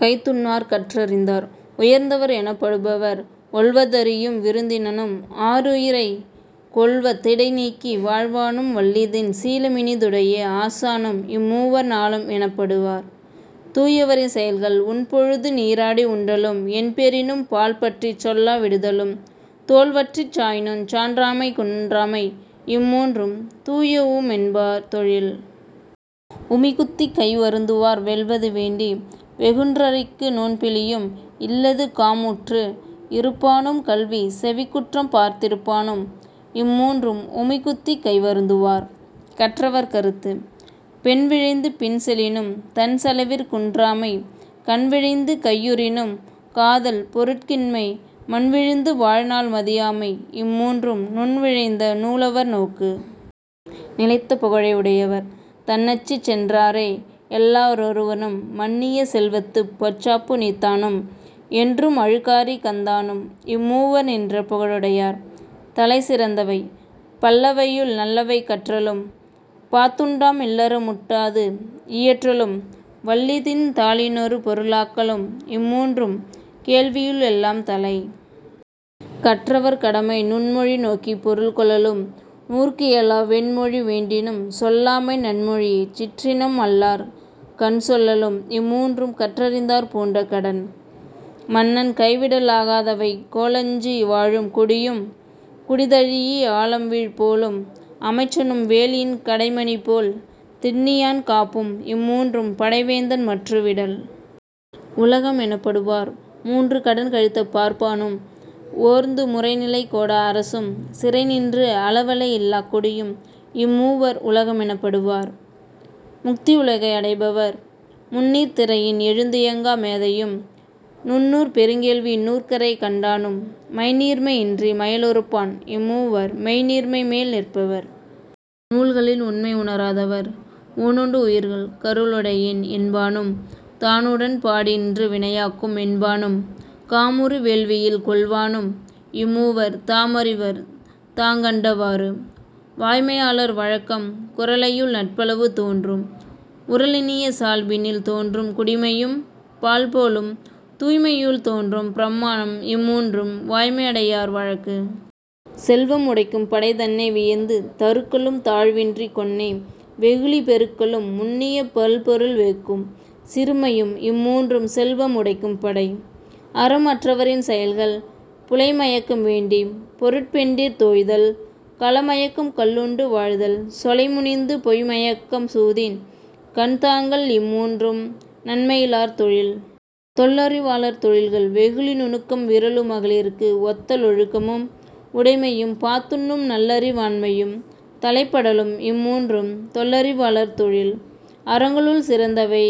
கைத்துண்ணார் கற்றறிந் தார்.. உயர்ந்தவர் எனப்படுபவர் ஒல்வ தறியும் விருந்தினனும் ஆருயிரைக் கொல்வ திடைநீக்கி வாழ்வானும் வல்லிதின் சீலமினி துடைய ஆசானும் இம்மூவர் ஞாலம் எனப்படு வார்.. தூயவரின் செயல்கள் உண்பொழுது நீராடி உண்டலும் என்பெறினும் பால்பற்றிச் சொல்லா விடுதலும் தோல்வற்றிச் சாயினுஞ் சான்றாண்மை குன்றாமை இம்மூன்றும் தூஉய மென்பார் தொழில்.. உமி குத்திக் கை வருந்துவார் வெல்வது வேண்டி வெகுண்டுரைக்கு நோன்பிலியும் இல்லது காமுற்று இருப்பானும் கல்வி செவிக்குற்றம் பார்த்திருப்பானும் இம்மூன்றும் உமிக்குத்திக் கைவருந்துவார்.. கற்றவர் கருத்து. பெண்விழைந்து பின்செலினும் தன்செலவிற் குன்றாமை கண்விழைந்து கையுறினும் காதல் பொருட்கின்மை மண்விழுந்து வாழ்நாள் மதியாமை இம்மூன்றும் நுண்விழைந்த நூலவர் நோக்கு.. நிலைத்த புகழை உடையவர் தன்நச்சிச் சென்றாரை எள்ளா வொருவனும் மன்னிய செல்வத்துப் பொச்சாப்பு நீத்தானும் என்றும் அழுக்காறி கந்தானும் இம்மூவர் நின்ற புகழுடை யார்.. தலை சிறந்தவை பல்லவையுள் நல்லவை கற்றலும் பாத்துண்டாம் இல்லற முட்டாது இயற்றலும் வல்லிதின் தாளி னொருபொரு ளாக்கலும் இம்மூன்றும் கேள்வியுள் எல்லாம் தலை.. கற்றவர் கடமை நுண்மொழி நோக்கிப் பொருள்கொளலும் நூற்குஏலா வெண்மொழி வேண்டினும் சொல்லாமை நன்மொழியைச் சிற்றினம் அல்லார்கண் சொல்லலும் இம்மூன்றும் கற்றறிந்தார் பூண்ட கடன்.. மன்னன் கைவிடலாகாதவை கோலஞ்சி வாழும் குடியும் குடிதழீஇ ஆலம்வீழ் போலும் அமைச்சனும் வேலின் கடைமணிபோல் திண்ணியான் காப்பும் இம்மூன்றும் படைவேந்தன் மற்று விடல்.. உலகம் எனப்படுவார் மூன்று கடன்கழித்த பார்ப்பானும் ஓர்ந்து முறைநிலை கோடா அரசும் சிறைநின்று அலவலை இல்லாக் குடியும் இம்மூவர் உலகம் எனப்படு வார்.. முக்தியுலகை அடைபவர் முந்நீர்த் திரையின் எழுந்தியங்கா மேதையும் நுண்ணூற் பெருங்கேள்வி நூற்கரை கண்டானும் மைந்நீர்மை இன்றி மயலுறுப்பான் இம்மூவர் மெய்ந்நீர்மை மேல் நிற்பவர்.. நூல்களின் உண்மை உணராதவர் ஊனுண் டுயிர்கட் கருளுடையேம் என்பானும் தானுடன்பா டின்றி வினையாக்கும் மென்பானும் காமுறு வேள்வியில் கொல்வானும் இம்மூவர் தாமறிவர் தாங்கண்ட வாறு.. வாய்மையாளர் வழக்கம் குறளையுள் நட்பளவு தோன்றும் உறலினிய சால்பினில் தோன்றும் குடிமையும் பால்போலும் தூய்மையுள் தோன்றும் பிரமாணம் இம்மூன்றும் வாய்மை யடையார் வழக்கு.. செல்வம் உடைக்கும் படை தன்னை வியந்து தருக்கலும் தாழ்வின்றிக் கொன்னே வெகுளி பெருக்கலும் முன்னிய பல்பொருள் வெஃகும் சிறுமையும் இம்மூன்றும் செல்வம் உடைக்கும் படை.. அறம் அற்றவரின் செயல்கள் புலைமயக்கம் வேண்டிப் பொருட்பெண்டிர்த் தோய்தல் கலமயக்கம் கள்ளுண்டு வாழ்தல் சொலைமுனிந்து பொய்ம்மயக்கம் சூதின் கண்தாங்கால் இம்மூன்றும் நன்மையி லாளர் தொழில்.. தொல்லறிவாளர் தொழில்கள் வெகுளி நுணுக்கும் விறலு மகளிர்கட்கு ஒத்த லொழுக்கம் உடைமையும் பாத்துண்ணும் நல்லறி வாண்மை தலைப்படலும் இம்மூன்றும் தொல்லறி வாளர் தொழில்.. அறங்களுள் சிறந்தவை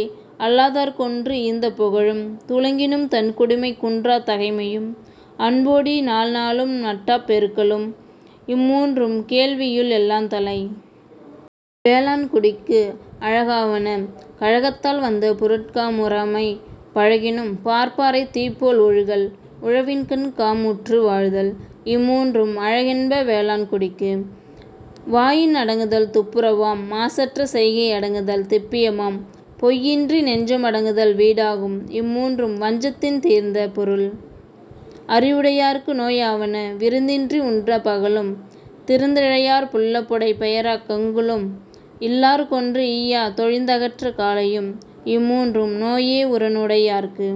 அலந்தார்க்கொன்று ஈந்த புகழும் துளங்கினும் தன்குடிமை குன்றாத் தகைமையும் அன்போடி நாள்நாளும் நட்டார்ப் பெருக்கலும் இம்மூன்றும் கேள்வியுள் எல்லாந் தலை.. வேளாண்குடிக்கு அழகாவன கழகத்தால் வந்த பொருள்கா முறாமை பழகினும் பார்ப்பாரைத் தீப்போல் ஒழுகல் உழவின்கண் காமுற்று வாழ்தல் இம்மூன்றும் அழகென்ப வேளாண் குடிக்கு. வாயின் அடங்குதல் துப்புரவாம் மாசற்ற செய்கை அடங்குதல் திப்பியமாம் பொய்யின்றி நெஞ்சம் அடங்குதல் வீடாகும் இம்மூன்றும் வஞ்சத்தின் தீர்ந்த பொருள்.. அறிவுடையார்க்கு நோய் ஆவன விருந்தின்றி உண்ட பகலும் திருந்திழையார் புல்லப்புடை பெயராக் கங்குலும் இல்லார்க்கொன்று ஈயா தொழிந்தகன்ற காலையும் இம்மூன்றும் நோயே உரனுடை யார்க்கு..